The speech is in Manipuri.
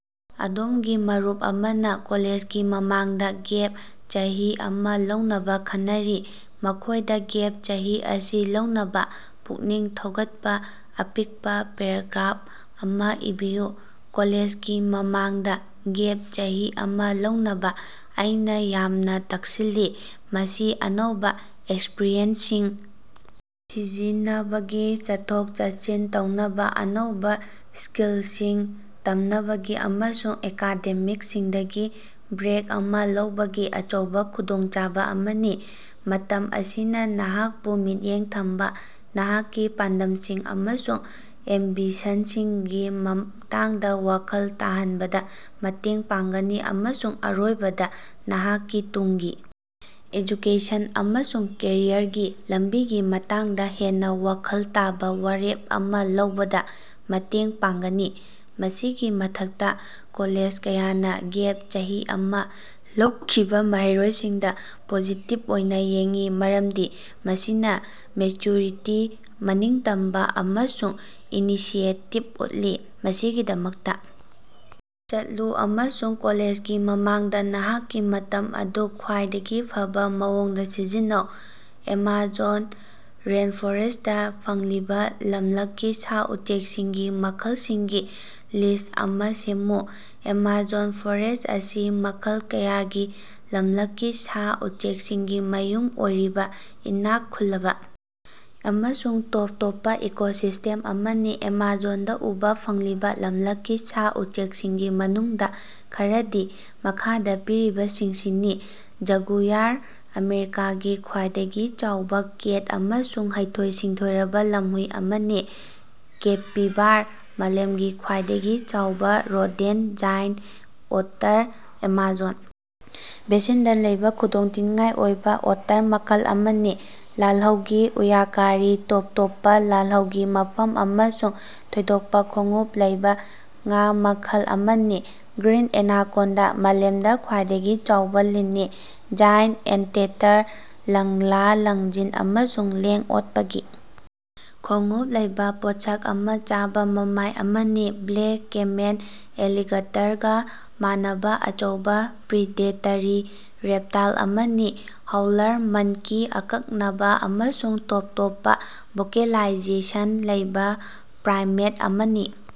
ꯑꯗꯣꯝꯒꯤ ꯃꯔꯨꯞ ꯑꯃꯅ ꯀꯣꯂꯦꯖꯒꯤ ꯃꯃꯥꯡꯗ ꯒꯦꯞ ꯆꯍꯤ ꯑꯃ ꯂꯧꯅꯕ ꯈꯟꯅꯔꯤ꯫ ꯃꯈꯣꯏꯗ ꯒꯦꯞ ꯆꯍꯤ ꯑꯁꯤ ꯂꯧꯅꯕ ꯄꯨꯛꯅꯤꯡ ꯊꯧꯒꯠꯄ ꯑꯄꯤꯛꯄ ꯄꯦꯔꯥꯒ꯭ꯔꯥꯞ ꯑꯃ ꯏꯕꯤꯌꯨ꯫ ꯀꯣꯂꯦꯖꯒꯤ ꯃꯃꯥꯡꯗ ꯒꯦꯞ ꯆꯍꯤ ꯑꯃ ꯂꯧꯅꯕ ꯑꯩꯅ ꯌꯥꯝꯅ ꯇꯛꯁꯤꯜꯂꯤ ꯃꯁꯤ ꯑꯅꯧꯕ ꯑꯦꯛꯁꯄꯔꯤꯌꯦꯟꯁꯁꯤꯡ ꯊꯤꯖꯤꯅꯕꯒꯤ ꯆꯠꯊꯣꯛ ꯆꯠꯁꯤꯟ ꯇꯧꯅꯕ ꯑꯅꯧꯕ ꯁꯀꯤꯜꯁꯤꯡ ꯇꯝꯅꯕꯒꯤ ꯑꯃꯁꯨꯡ ꯑꯦꯀꯥꯗꯦꯃꯤꯛꯁꯤꯡꯗꯒꯤ ꯕ꯭ꯔꯦꯛ ꯑꯃ ꯂꯧꯕꯒꯤ ꯑꯆꯧꯕ ꯈꯨꯗꯣꯡꯆꯥꯕ ꯑꯃꯅꯤ꯫ ꯃꯇꯝ ꯑꯁꯤꯅ ꯅꯍꯥꯛꯄꯨ ꯃꯤꯠꯌꯦꯡ ꯊꯝꯕ ꯅꯍꯥꯛꯀꯤ ꯄꯥꯟꯗꯝꯁꯤꯡ ꯑꯃꯁꯨꯡ ꯑꯦꯝꯕꯤꯁꯟꯁꯤꯡꯒꯤ ꯃꯇꯥꯡꯗ ꯋꯥꯈꯜ ꯇꯥꯍꯟꯕꯗ ꯃꯇꯦꯡ ꯄꯥꯡꯒꯅꯤ ꯑꯃꯁꯨꯡ ꯑꯔꯣꯏꯕꯗ ꯅꯍꯥꯛꯀꯤ ꯇꯨꯡꯒꯤ ꯑꯦꯖꯨꯀꯦꯁꯟ ꯑꯃꯁꯨꯡ ꯀꯦꯔꯤꯌꯔꯒꯤ ꯂꯝꯕꯤꯒꯤ ꯃꯇꯥꯡꯗ ꯍꯦꯟꯅ ꯋꯥꯈꯜ ꯇꯥꯕ ꯋꯥꯔꯦꯞ ꯑꯃ ꯂꯧꯕꯗ ꯃꯇꯦꯡ ꯄꯥꯡꯒꯅꯤ꯫ ꯃꯁꯤꯒꯤ ꯃꯊꯛꯇ ꯀꯣꯂꯦꯖ ꯀꯌꯥꯅ ꯒꯦꯞ ꯆꯍꯤ ꯑꯃ ꯂꯧꯈꯤꯕ ꯃꯍꯩꯔꯣꯏꯁꯤꯡꯗ ꯄꯣꯖꯤꯇꯤꯞ ꯑꯣꯏꯅ ꯌꯦꯡꯏ ꯃꯔꯝꯗꯤ ꯃꯁꯤꯅ ꯃꯦꯆꯌꯨꯔꯤꯇꯤ ꯃꯅꯤꯡꯇꯝꯕ ꯑꯃꯁꯨꯡ ꯏꯅꯤꯁꯤꯌꯦꯇꯤꯞ ꯎꯠꯂꯤ꯫ ꯃꯁꯤꯒꯤꯗꯃꯛꯇ ꯆꯠꯂꯨ ꯑꯃꯁꯨꯡ ꯀꯣꯂꯦꯖꯒꯤ ꯃꯃꯥꯡꯗ ꯅꯍꯥꯛꯀꯤ ꯃꯇꯝ ꯑꯗꯨ ꯈ꯭ꯋꯥꯏꯗꯒꯤ ꯐꯕꯥ ꯃꯑꯣꯡꯗ ꯁꯤꯖꯤꯟꯅꯧ꯫ ꯑꯦꯃꯥꯖꯣꯟ ꯔꯦꯟꯐꯣꯔꯦꯁꯇꯥ ꯐꯪꯂꯤꯕ ꯂꯝꯂꯛꯀꯤ ꯁꯥ ꯎꯆꯦꯛꯁꯤꯡꯒꯤ ꯃꯈꯜꯁꯤꯡꯒꯤ ꯂꯤꯁ ꯑꯃ ꯁꯦꯝꯃꯨ꯫ ꯑꯦꯃꯥꯖꯣꯟ ꯔꯦꯟꯐꯣꯔꯦꯁ ꯑꯁꯤ ꯃꯈꯜ ꯀꯌꯥꯒꯤ ꯂꯝꯂꯛꯀꯤ ꯁꯥ ꯎꯆꯦꯛꯁꯤꯡꯒꯤ ꯃꯌꯨꯝ ꯑꯣꯏꯔꯤꯕ ꯏꯅꯥꯛ ꯈꯨꯜꯂꯕ ꯑꯃꯁꯨꯡ ꯇꯣꯞ ꯇꯣꯞꯄ ꯏꯀꯣꯁꯤꯁꯇꯦꯝ ꯑꯃꯅꯤ꯫ ꯑꯦꯃꯥꯖꯣꯟꯗꯥ ꯎꯕꯥ ꯐꯪꯂꯤꯕ ꯂꯝꯂꯛꯀꯤ ꯁꯥ ꯎꯆꯦꯛꯁꯤꯡꯒꯤ ꯃꯅꯨꯡꯗ ꯈꯔꯗꯤ ꯃꯈꯥꯗ ꯄꯤꯔꯤꯕꯁꯤꯡꯁꯤꯅꯤ ꯖꯒꯨꯌꯥꯔ ꯑꯃꯦꯔꯤꯀꯥꯒꯤ ꯈ꯭ꯋꯥꯏꯗꯒꯤ ꯆꯥꯎꯕ ꯀꯦꯠ ꯑꯃꯁꯨꯡ ꯍꯩꯊꯣꯏ ꯁꯤꯡꯊꯣꯏꯔꯕ ꯂꯝꯍꯨꯏ ꯑꯃꯅꯤ꯫ ꯀꯦꯄꯤꯕꯥꯔ ꯃꯥꯂꯦꯝꯒꯤ ꯈ꯭ꯋꯥꯏꯗꯒꯤ ꯆꯥꯎꯕ ꯔꯣꯗꯦꯟꯇ ꯖꯥꯏꯟ ꯑꯣꯇꯔ ꯑꯦꯃꯥꯖꯣꯟ ꯕꯦꯁꯤꯟꯗ ꯂꯩꯕ ꯈꯨꯗꯣꯡꯊꯤꯅꯤꯉꯥꯏ ꯑꯣꯏꯕ ꯑꯣꯇꯔ ꯃꯈꯜ ꯑꯃꯅꯤ꯫ ꯂꯥꯜꯍꯧꯒꯤ ꯎꯌꯥꯀꯥꯔꯤ ꯇꯣꯞ ꯇꯣꯞꯄ ꯂꯥꯜꯍꯧꯒꯤ ꯃꯐꯝ ꯑꯃꯁꯨꯡ ꯊꯣꯏꯗꯣꯛꯄ ꯈꯣꯡꯎꯞ ꯂꯩꯕ ꯉꯥ ꯃꯈꯜ ꯑꯃꯅꯤ꯫ ꯒ꯭ꯔꯤꯟ ꯑꯦꯅꯥꯀꯣꯟꯗꯥ ꯃꯥꯂꯦꯃꯗ ꯈ꯭ꯋꯥꯏꯗꯒꯤ ꯆꯥꯎꯕ ꯂꯤꯟꯅꯤ꯫ ꯖꯥꯏꯟ ꯑꯦꯟꯇꯦꯇꯔ ꯂꯪꯂꯥ ꯂꯪꯖꯤꯟ ꯑꯃꯁꯨꯡ ꯂꯦꯡ ꯑꯣꯠꯄꯒꯤ ꯈꯣꯡꯎꯞ ꯂꯩꯕ ꯄꯣꯠꯁꯛ ꯑꯃ ꯆꯥꯕ ꯃꯃꯥꯏ ꯑꯃꯅꯤ꯫ ꯕ꯭ꯂꯦꯛ ꯀꯦꯃꯦꯟ ꯑꯦꯂꯤꯒꯦꯇꯔꯒ ꯃꯥꯟꯅꯕ ꯑꯆꯧꯕ ꯄ꯭ꯔꯤꯗꯦꯇꯔꯤ ꯔꯦꯞꯇꯥꯏꯜ ꯑꯃꯅꯤ꯫ ꯍꯥꯎꯂꯔ ꯃꯟꯀꯤ ꯑꯀꯛꯅꯕ ꯑꯃꯁꯨꯡ ꯇꯣꯞ ꯇꯣꯞꯄ ꯚꯣꯀꯦꯂꯥꯏꯖꯦꯁꯟ ꯂꯩꯕ ꯄ꯭ꯔꯥꯏꯃꯦꯠ ꯑꯃꯅꯤ꯫